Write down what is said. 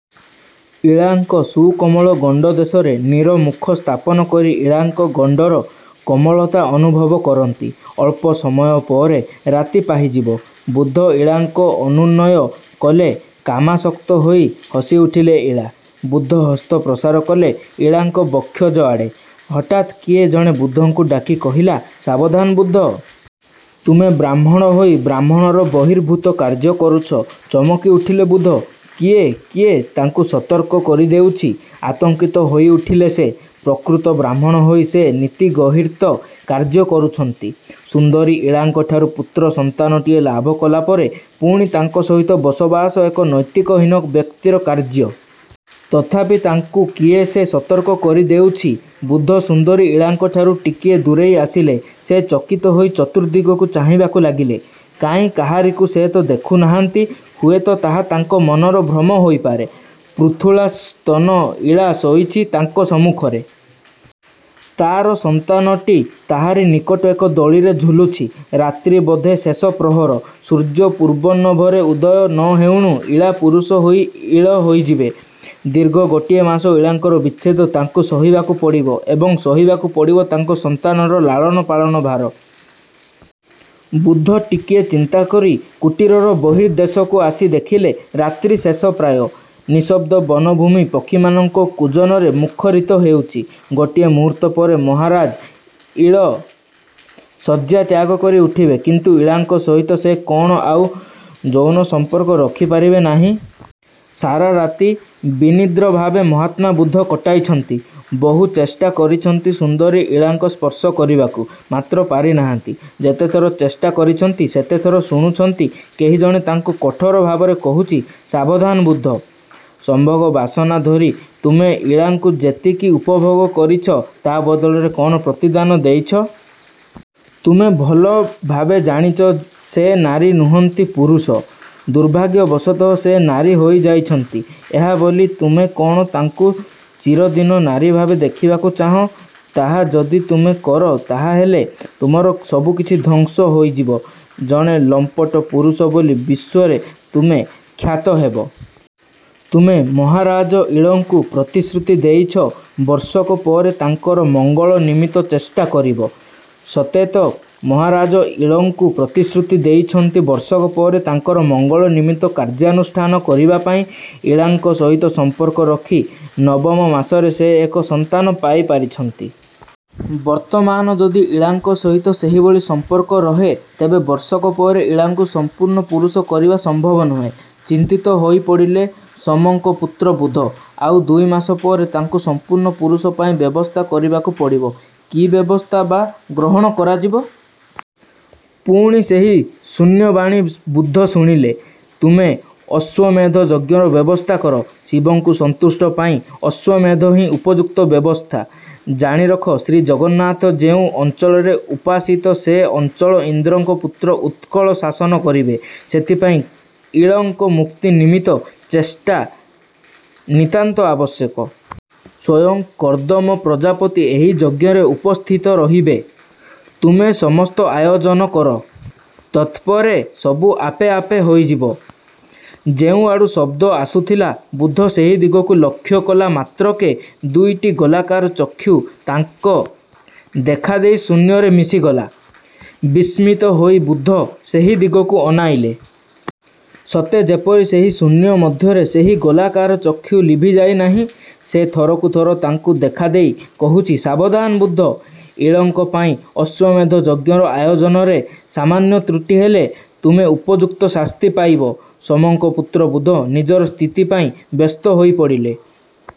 ଇଳାଙ୍କ ସୁକୋମଳ ଗଣ୍ଡଦେଶରେ ନିର ମୁଖ ସ୍ଥାପନ କରି ଇଳାଙ୍କ ଗଣ୍ଡର କୋମଳତା ଅନୁଭବ କରନ୍ତି। ଅଳ୍ପ ସମୟ ପରେ ରାତି ପାହିଯିବ। ବୁଧ ଇଳାଙ୍କ ଅନୁନୟ କଲେ କାମାଶକ୍ତ ହୋଇ ହସିଉଠିଲେ ଇଳା। ବୁଧ ହସ୍ତ ପ୍ରସାର କଲେ ଇଳାଙ୍କ ବକ୍ଷୋଜ ଆଡ଼େ। ହଠାତ୍ କିଏ ଜଣେ ବୁଧଙ୍କୁ ଡାକି କହିଲା, ସାବଧାନ ବୁଧ! ତୁମେ ବ୍ରାହ୍ମଣ ହୋଇ ବ୍ରାହ୍ମଣର ବହିର୍ଭୂତ କାର୍ଯ୍ୟ କରୁଛ। ଚମକି ଉଠିଲେ ବୁଧ। କିଏ? କିଏ ତାଙ୍କୁ ସତର୍କ କରିଦେଉଛି? ଆତଙ୍କିତ ହୋଇଉଠିଲେ ସେ। ପ୍ରକୃତ ବ୍ରାହ୍ମଣ ହୋଇ ସେ ନୀତି ଗର୍ହିତ କାର୍ଯ୍ୟ କରୁଛନ୍ତି। ସୁନ୍ଦରୀ ଇଳାଙ୍କଠାରୁ ପୁତ୍ର ସନ୍ତାନଟିଏ ଲାଭ କଲାପରେ ପୁଣି ତାଙ୍କ ସହିତ ବସବାସ ଏକ ନୈତିକହୀନ ବ୍ୟକ୍ତିର କାର୍ଯ୍ୟ। ତଥାପି ତାଙ୍କୁ କିଏ ସେ ସତର୍କ କରି ଦେଉଛି? ବୁଧ ସୁନ୍ଦରୀ ଇଳାଙ୍କଠାରୁ ଟିକିଏ ଦୂରେଇ ଆସିଲେ। ସେ ଚକିତ ହୋଇ ଚତୁର୍ଦ୍ଦିଗକୁ ଚାହିଁବାକୁ ଲାଗିଲେ—କାହିଁ, କାହାରିକୁ ସେ ତ ଦେଖୁନାହାନ୍ତି। ହୁଏତ। ତାହା ତାଙ୍କ ମନର ଭ୍ରମ ହୋଇପାରେ। ପୃଥୁଳା ସ୍ତନ ଇଳା ଶୋଇଛି ତାଙ୍କ ସମ୍ମୁଖରେ। ତାର ସନ୍ତାନଟି ତାହାରି ନିକଟ ଏକ ଦୋଳିରେ ଝୁଲୁଛି। ରାତ୍ରି ବୋଧେ ଶେଷ ପ୍ରହର। ସୂର୍ଯ୍ୟ ପୂର୍ବନଭରେ ଉଦୟ ନ ହେଉଣୁ ଇଳା ପୁରୁଷ ହୋଇ ଇଳ ହୋଇଯିବେ। ଦୀର୍ଘ ଗୋଟିଏ ମାସ ଇଳାଙ୍କର ବିଚ୍ଛେଦ ତାଙ୍କୁ ସହିବାକୁ ପଡ଼ିବ ଏବଂ ସହିବାକୁ ପଡ଼ିବ ତାଙ୍କ ସନ୍ତାନର ଲାଳନପାଳନ ଭାର। ବୁଧ ଟିକିଏ ଚିନ୍ତାକରି କୁଟୀରର ବର୍ହିଦେଶକୁ ଆସି ଦେଖିଲେ ରାତ୍ରି ଶେଷ ପ୍ରାୟ। ନିଶବ୍ଦ ବନଭୂମି ପକ୍ଷୀମାନଙ୍କ କୂଜନରେ ମୁଖରିତ ହେଉଛି। ଗୋଟିଏ ମୁହୂର୍ତ୍ତପରେ ମହାରାଜ ଇଳ ଶଯ୍ୟା ତ୍ୟାଗକରି ଉଠିବେ। କିନ୍ତୁ ଇଳାଙ୍କ ସହିତ ସେ କଣ ଆଉ ଯୌନ ସମ୍ପର୍କ ରଖିପାରିବେ ନାହିଁ। ସାରା ରାତି ବିନିଦ୍ରଭାବେ ମହାତ୍ମା ବୁଧ କଟାଇଛନ୍ତି। ବହୁ ଚେଷ୍ଟା କରିଛନ୍ତି ସୁନ୍ଦରୀ ଇଳାଙ୍କ ସ୍ପର୍ଶ କରିବାକୁ। ମାତ୍ର ପାରିନାହାନ୍ତି। ଯେତେଥର ଚେଷ୍ଟା କରିଛନ୍ତି ସେତେଥର ଶୁଣିଛନ୍ତି କେହି ଜଣେ ତାଙ୍କୁ କଠୋର ଭାବରେ କହୁଛି, ସାବଧାନ ବୁଧ! ସମ୍ଭୋଗ ବାସନା ଧରି ତୁମେ ଇଳାଙ୍କୁ ଯେତିକି ଉପଭୋଗ କରିଛ ତା ବଦଳରେ କଣ ପ୍ରତିଦାନ ଦେଇଛ। ତୁମେ ଭଲ ଭାବେ ଜାଣିଛ ସେ ନାରୀ ନୁହନ୍ତି ପୁରୁଷ। ଦୁର୍ଭାଗ୍ୟବଶତଃ ସେ ନାରୀ ହୋଇଯାଇଛନ୍ତି। ଏହା ବୋଲି ତୁମେ କଣ ତାଙ୍କୁ ଚିରଦିନ ନାରୀଭାବେ ଦେଖିବାକୁ ଚାହଁ! ତାହା ଯଦି ତୁମେ କର ତାହାହେଲେ ତୁମର ସବୁକିଛି ଧ୍ୱଂସ ହୋଇଯିବ। ଜଣେ ଲମ୍ପଟ ପୁରୁଷ ବୋଲି ବିଶ୍ୱରେ ତୁମେ ଖ୍ୟାତ ହେବ। ତୁମେ ମହାରାଜ ଇଳଙ୍କୁ ପ୍ରତିଶ୍ରୁତି ଦେଇଛ ବର୍ଷକ ପରେତାଙ୍କର ମଙ୍ଗଳ ନିମିତ୍ତ ଚେଷ୍ଟା କରିବ। ସତେତ! ମହାରାଜ ଇଳଙ୍କୁ ପ୍ରତିଶ୍ରୁତି ଦେଇଛନ୍ତି ବର୍ଷକ ପରେ ତାଙ୍କର ମଙ୍ଗଳ ନିମିତ୍ତ କାର୍ଯ୍ୟାନୁଷ୍ଠାନ କରିବାପାଇଁ। ଇଳାଙ୍କ ସହିତ ସମ୍ପର୍କ ରଖି ନବମ ମାସରେ ସେ ଏକ ସନ୍ତାନ ପାଇପାରିଛନ୍ତି। ବର୍ତ୍ତମାନ ଯଦି ଇଳାଙ୍କ ସହିତ ସେହିଭଳି ସମ୍ପର୍କ ରହେ ତେବେ ବର୍ଷକ ପରେ ଇଳାଙ୍କୁ ସମ୍ପୂର୍ଣ୍ଣ ପୁରୁଷ କରିବା ସମ୍ଭବ ନୁହେଁ। ଚିନ୍ତିତ ହୋଇପଡ଼ିଲେ ସୋମଙ୍କ ପୁତ୍ର ବୁଧ। ଆଉ ଦୁଇ ମାସ ପରେ ତାଙ୍କୁ ସଂପୂର୍ଣ୍ଣ ପୁରୁଷ ପାଇଁ ବ୍ୟବସ୍ଥା କରିବାକୁ ପଡ଼ିବ। କି ବ୍ୟବସ୍ଥା ବା ଗ୍ରହଣ କରାଯିବ! ପୁଣି ସେହି ଶୂନ୍ୟବାଣୀ ବୁଧ ଶୁଣିଲେ। ତୁମେ ଅଶ୍ୱମେଧ ଯଜ୍ଞର ବ୍ୟବସ୍ଥା କର। ଶିବଙ୍କୁ ସନ୍ତୁଷ୍ଟ ପାଇଁ ଅଶ୍ୱମେଧ ହିଁ ଉପଯୁକ୍ତ ବ୍ୟବସ୍ଥା। ଜାଣିରଖ ଶ୍ରୀଜଗନ୍ନାଥ ଯେଉଁ ଅଞ୍ଚଳରେ ଉପାସିତ ସେ ଅଞ୍ଚଳ ଇନ୍ଦ୍ରଙ୍କ ପୁତ୍ର ଉତ୍କଳ ଶାସନ କରିବେ। ସେଥିପାଇଁ ଇଳଙ୍କ ମୁକ୍ତି ନିମିତ୍ତ ଚେଷ୍ଟା ନିତାନ୍ତ ଆବଶ୍ୟକ। ସ୍ୱୟଂ କର୍ଦ୍ଦମ ପ୍ରଜାପତି ଏହି ଯଜ୍ଞରେ ଉପସ୍ଥିତ ରହିବେ। ତୁମେ ସମସ୍ତ ଆୟୋଜନ କର। ତତ୍ପରେ ସବୁ ଆପେ ଆପେ ହୋଇଯିବ। ଯେଉଁଆଡ଼ୁ ଶବ୍ଦ ଆସୁଥିଲା ବୁଧ ସେହି ଦିଗକୁ ଲକ୍ଷ୍ୟ କଲା ମାତ୍ରକେ ଦୁଇଟି ଗୋଲାକାର ଚକ୍ଷୁ ତାଙ୍କ ଦେଖାଦେଇ ଶୂନ୍ୟରେ ମିଶିଗଲା। ବିସ୍ମିତ ହୋଇ ବୁଧ ସେହିଦିଗକୁ ଅନାଇଲେ। ସତେ ଯେପରି ସେହି ଶୂନ୍ୟ ମଧ୍ୟରେ ସେହି ଗୋଲାକାର ଚକ୍ଷୁ ଲିଭିଯାଇ ନାହିଁ। ସେ ଥରକୁ ଥର ତାଙ୍କୁ ଦେଖାଦେଇ କହୁଛି ସାବଧାନ ବୁଧ! ଇଳଙ୍କ ପାଇଁ ଅଶ୍ୱମେଧ ଯଜ୍ଞର ଆୟୋଜନରେ ସାମାନ୍ୟ ତୃଟି ହେଲେ ତୁମେ ଉପଯୁକ୍ତ ଶାସ୍ତି ପାଇବ। ସୋମଙ୍କ ପୁତ୍ର ବୁଧ ନିଜର ସ୍ଥିତିପାଇଁ ବ୍ୟସ୍ତ ହୋଇ ପଡ଼ିଲେ।